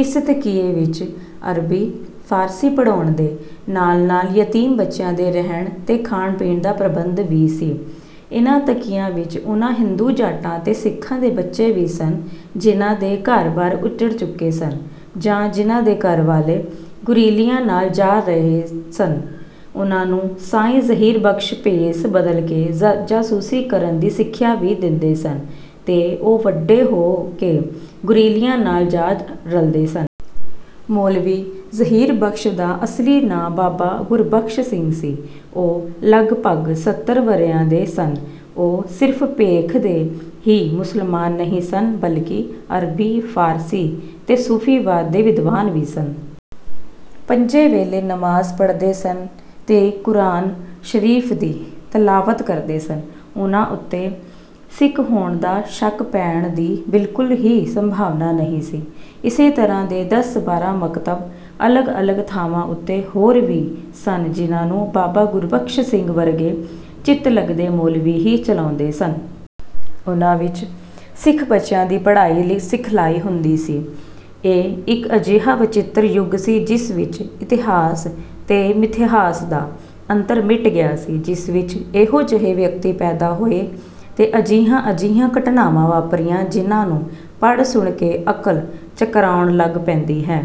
ਇਸ ਤਕੀਏ ਵਿੱਚ ਅਰਬੀ, ਫਾਰਸੀ ਪੜ੍ਹਾਉਣ ਦੇ ਨਾਲ-ਨਾਲ ਯਤੀਮ ਬੱਚਿਆਂ ਦੇ ਰਹਿਣ ਤੇ ਖਾਣ-ਪੀਣ ਦਾ ਪ੍ਰਬੰਧ ਵੀ ਸੀ। ਇਹਨਾਂ ਤਕੀਆਂ ਵਿੱਚ ਉਹਨਾਂ ਹਿੰਦੂ-ਜਾਟਾਂ ਤੇ ਸਿੱਖਾਂ ਦੇ ਬੱਚੇ ਵੀ ਸਨ ਜਿਹਨਾਂ ਦੇ ਘਰ-ਬਾਰ ਉੱਜੜ ਚੁੱਕੇ ਸਨ ਜਾਂ ਜਿਹਨਾਂ ਦੇ ਘਰਵਾਲੇ ਗੁਰੀਲਿਆਂ ਨਾਲ ਜਾ ਰਲੇ ਸਨ, ਉਹਨਾਂ ਨੂੰ ਸਾਈਂ ਜ਼ਹੀਰ ਬਖ਼ਸ਼ ਭੇਸ ਬਦਲ ਕੇ ਜਾਸੂਸੀ ਕਰਨ ਦੀ ਸਿੱਖਿਆ ਵੀ ਦਿੰਦੇ ਸਨ ਤੇ ਉਹ ਵੱਡੇ ਹੋ ਕੇ ਗੁਰੀਲਿਆਂ ਨਾਲ ਜਾ ਰਲਦੇ ਸਨ। ਮੌਲਵੀ ਜ਼ਹੀਰ ਬਖ਼ਸ਼ ਦਾ ਅਸਲੀ ਨਾਂ ਬਾਬਾ ਗੁਰਬਖ਼ਸ਼ ਸਿੰਘ ਸੀ। ਉਹ ਲਗਭਗ ਸੱਤਰ ਵਰ੍ਹਿਆਂ ਦੇ ਸਨ। ਉਹ ਸਿਰਫ਼ ਭੇਖ ਦੇ ਹੀ ਮੁਸਲਮਾਨ ਨਹੀਂ ਸਨ, ਬਲਕਿ ਅਰਬੀ, ਫਾਰਸੀ ਤੇ ਸੂਫੀਵਾਦ ਦੇ ਵਿਦਵਾਨ ਵੀ ਸਨ। ਪੰਜੇ ਵੇਲੇ ਨਮਾਜ਼ ਪੜ੍ਹਦੇ ਸਨ ਤੇ ਕੁਰਾਨ ਸ਼ਰੀਫ਼ ਦੀ ਤਲਾਵਤ ਕਰਦੇ ਸਨ। ਉਹਨਾਂ ਉੱਤੇ ਸਿੱਖ ਹੋਣ ਦਾ ਸ਼ੱਕ ਪੈਣ ਦੀ ਬਿਲਕੁਲ ਹੀ ਸੰਭਾਵਨਾ ਨਹੀਂ ਸੀ। ਇਸੇ ਤਰ੍ਹਾਂ ਦੇ ਦਸ-ਬਾਰਾਂ ਮਕਤਬ, ਅਲੱਗ-ਅਲੱਗ ਥਾਵਾਂ ਉੱਤੇ, ਹੋਰ ਵੀ ਸਨ ਜਿਹਨਾਂ ਨੂੰ ਬਾਬਾ ਗੁਰਬਖ਼ਸ਼ ਸਿੰਘ ਵਰਗੇ ਚਿੱਤ-ਲਗਦੇ ਮੌਲਵੀ ਹੀ ਚਲਾਉਂਦੇ ਸਨ। ਉਹਨਾਂ ਵਿੱਚ ਸਿੱਖ ਬੱਚਿਆਂ ਦੀ ਪੜ੍ਹਾਈ-ਸਿਖਲਾਈ ਹੁੰਦੀ ਸੀ। ਇਹ ਇੱਕ ਅਜਿਹਾ ਵਚਿੱਤਰ ਯੁੱਗ ਸੀ, ਜਿਸ ਵਿੱਚ ਇਤਿਹਾਸ ਤੇ ਮਿਥਿਹਾਸ ਦਾ ਅੰਤਰ ਮਿਟ ਗਿਆ ਸੀ। ਜਿਸ ਵਿੱਚ ਇਹੋ ਜਿਹੇ ਵਿਅਕਤੀ ਪੈਦਾ ਹੋਏ ਤੇ ਅਜਿਹੀਆਂ-ਅਜਿਹੀਆਂ ਘਟਨਾਵਾਂ ਵਾਪਰੀਆਂ, ਜਿਹਨਾਂ ਨੂੰ ਪੜ੍ਹ-ਸੁਣ ਕੇ ਅਕਲ ਚਕਰਾਉਣ ਲੱਗ ਪੈਂਦੀ ਹੈ।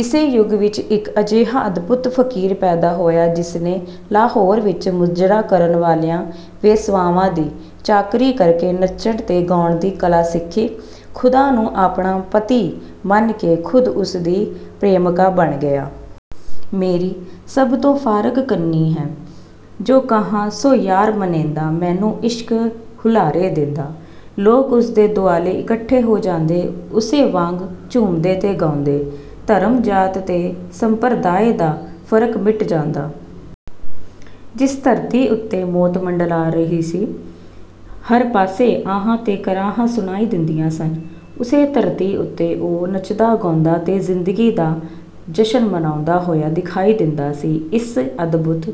ਇਸੇ ਯੁੱਗ ਵਿੱਚ ਇੱਕ ਅਜਿਹਾ ਅਦਭੁਤ ਫਕੀਰ ਪੈਦਾ ਹੋਇਆ, ਜਿਸ ਨੇ ਲਾਹੌਰ ਵਿੱਚ ਮੁਜਰਾ ਕਰਨ ਵਾਲੀਆਂ ਵੇਸਵਾਵਾਂ ਦੀ ਚਾਕਰੀ ਕਰਕੇ ਨੱਚਣ ਤੇ ਗਾਉਣ ਦੀ ਕਲਾ ਸਿੱਖੀ। ਖ਼ੁਦਾ ਨੂੰ ਆਪਣਾ ਪਤੀ ਮੰਨ ਕੇ ਖ਼ੁਦ ਉਸਦੀ ਪ੍ਰੇਮਕਾ ਬਣ ਗਿਆ। ਮੇਰੀ ਸਭ ਤੋਂ ਫਾਰਗ ਕੰਨੀਂ ਹੈ, ਜੋ ਕਹਾਂ ਸੋ ਯਾਰ ਮਨੇਂਦਾ ਮੈਨੂੰ ਇਸ਼ਕ ਹੁਲਾਰੇ ਦੇਂਦਾ।' ਲੋਕ ਉਸਦੇ ਦੁਆਲੇ ਇਕੱਠੇ ਹੋ ਜਾਂਦੇ। ਉਸੇ ਵਾਂਗ ਝੂੰਮਦੇ ਤੇ ਗਾਉਂਦੇ। ਧਰਮ, ਜਾਤ ਤੇ ਸੰਪਰਦਾਏ ਦਾ ਫਰਕ ਮਿਟ ਜਾਂਦਾ। ਜਿਸ ਧਰਤੀ ਉੱਤੇ ਮੌਤ ਮੰਡਲਾ ਰਹੀ ਸੀ ਤੇ ਹਰ ਪਾਸੇ ਆਹਾਂ ਤੇ ਕਰਾਹਾਂ ਸੁਣਾਈ ਦਿੰਦੀਆਂ ਸਨ, ਉਸੇ ਧਰਤੀ ਉੱਤੇ ਉਹ ਨੱਚਦਾ ਗਾਉਂਦਾ ਤੇ ਜ਼ਿੰਦਗੀ ਦਾ ਜਸ਼ਨ ਮਨਾਉਂਦਾ ਹੋਇਆ ਦਿਖਾਈ ਦਿੰਦਾ ਸੀ। ਇਸ ਅਦਭੁਤ